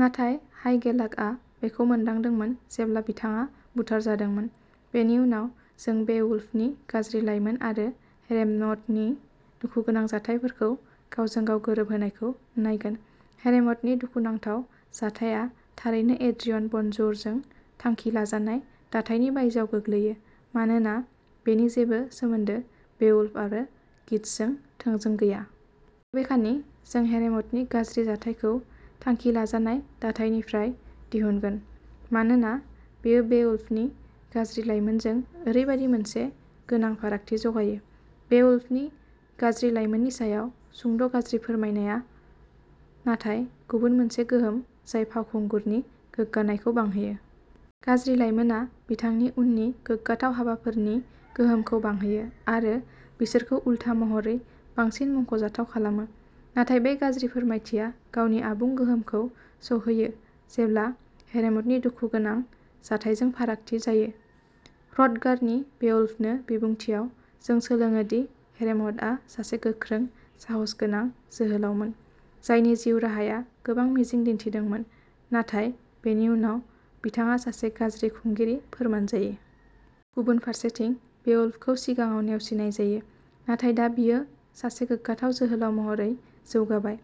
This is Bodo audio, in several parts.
नाथाय हाइगेलाकआ बेखौ मोनदोंमोन जेब्ला बिथाङा बुथारजादोंमोन। बेनि उनाव, जों बेवुल्फनि गाज्रि लाइमोन आरो हेरेमडनि दुखुगोनां जाथायफोरखौ गावजोंगाव गोरोब होनायखौ नायगोन। हेरेमडनि दुखुनांथाव जाथाया थारैनो एड्रियन बनजौरजों थांखि लाजानाय दाथायनि बायजोआव गोग्लैयो मानोना बेनि जेबो सोमोन्दो बेवुल्फ आरो गीट्सजों थोंजों गैया। बबेखानि, जों हेरेमडनि गाज्रि जाथायखौ थांखि लाजानाय दाथाइनिफ्राय दिहुनगोन मानोना बेयो बेवुल्फनि गाज्रि लाइमोनजों ओरैबायदि मोनसे गोनां फारागथि जगायो। बेवुल्फनि गाज्रि लाइमोननि सायाव सुंद' गाज्रि फोरमायनाया नाथाय गुबुन मोनसे गोहोम जाय फावखुंगुरनि गोग्गानायखौ बांहोयो। गाज्रि लाइमोनआ बिथांनि उननि गोग्गाथाव हाबाफोरनि गोहोमखौ बांहोयो आरो बिसोरखौ उल्था महरै बांसिन मुंख'जाथाव खालामो। नाथाय बे गाज्रि फोरमायथिया गावनि आबुं गोहोमखौ सौहैयो जेब्ला हेरेमडनि दुखुगोनां जाथायजों फारागथि जायो। ह्र'थगारनि बेवुल्फनो बिबुंथियाव, जों सोलोङो दि हेरेमडआ सासे गोख्रों, साहसगोनां जोहोलावमोन जायनि जिउ राहाया गोबां मिजिं दिन्थिदोंमोन, नाथाय बेयो उनाव बिथाङा सासे गाज्रि खुंगिरि फोरमान जायो। गुबुन फारसेथिं, बेवुल्फखौ सिगाङाव नेवसिनाय जायो, नाथाय दा बियो सासे गोग्गाथाव जोहोलाव महरै जौगाबाय।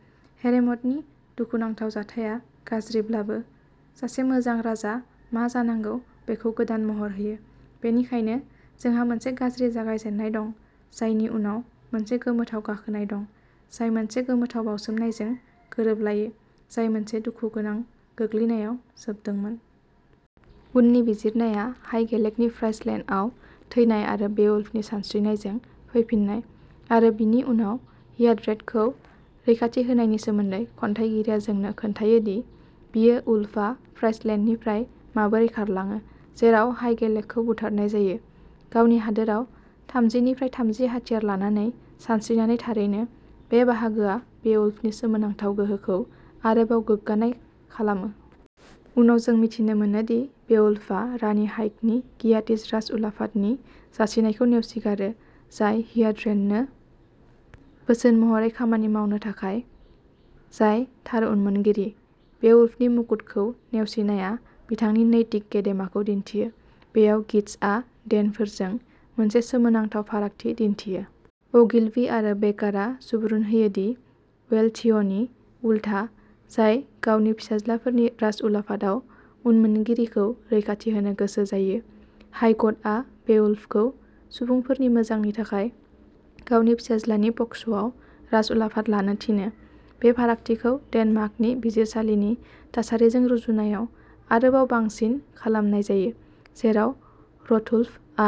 हेरेम'डनि दुखुनांथाव जाथाया, गाज्रिब्लाबो, सासे मोजां राजा मा जानांगौ बेखौ गोदान महर होयो। बेनिखायनो जोंहा मोनसे गाज्रि जागायजेन्नाय दं, जायनि उनाव मोनसे गोमोथाव गाखोनाय दं, जाय मोनसे गोमोथाव बावसोमनायजों गोरोबलायै, जाय मोनसे दुखु गोनां गोग्लैनायाव जोबदोंमोन। उननि बिजिरनाया हाइगेलेकनि फ्राइसलेन्डआव थैनाय आरो बेवुल्फनि सानस्रिनायजों फैफिन्नाय आरो बिनि उनाव हियार्ड्रेडखौ रैखाथि होनायनि सोमोन्दै खन्थायगिरिया जोंनो खोन्थायो दि बियो वुल्फआ फ्राइसलेन्डनिफ्राय माबोरै खारलाङो, जेराव हाइगेलेकखौ बुथारनाय जायो, गावनि हादोराव थामजिनिफ्राय थामजि हाथियार लानानै सानस्रिनानै थारैनो, बे बाहागोआ बेवुल्फनि सोमोनांथाव गोहोखौ आरोबाव गोग्गानाय खालामो। उनाव, जों मिथिनो मोनो दि बेवुल्फआ रानि हाइग्डनि गियाटिश राजउलाफादनि जासिनायखौ नेवसिगारो जाय हियार्ड्रेडनो बोसोन महरै खामानि मावनो थाखाय, जाय थार उनमोनगिरि। बेवुल्फनि मुकुटखौ नेवसिनाया बिथांनि नैतिक गेदेमाखौ दिन्थियो। बेयाव, गीट्सआ डेनफोरजों मोनसे सोमोनांथाव फारागथि दिन्थियो। अगिल्वी आरो बेकारआ सुबुरुन होयो दि वेलथिअ'नि उलथा, जाय गावनि फिसाज्लाफोरनि राजउलाफादाव उनमोनगिरिखौ रैखाथि होनो गोसो जायो, हाइगडआ बेवुल्फखौ सुबुंफोरनि मोजांनि थाखाय गावनि फिसाज्लानि पक्षआव राजउलाफाद लानो थिनो। बे फारागथिखौ डेनमार्कनि बिजिरसालिनि थासारिजों रुजुनायाव आरोबाव बांसिन खालामनाय जायो, जेराव ह्रथुल्फआ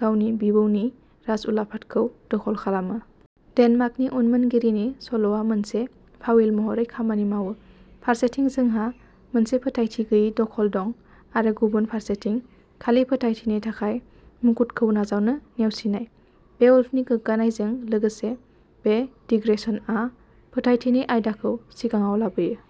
गावनि बिबौनि राजउलाफादखौ दखल खालामो। डेनमार्कनि उनमोनगिरिनि सल'आ मोनसे फाविल महरै खामानि मावो फारसेथिं जोंहा मोनसे फोथायथि गैयै दखल दं आरो गुबुन फारसेथिं, खालि फोथायथिनि थाखाय मुकुटखौ नाजावनो नेवसिनाय। बेवुल्फनि गोग्गानायजों लोगोसे, बे दिग्रेसनआ फोथायथिनि आयदाखौ सिगाङाव लाबोयो।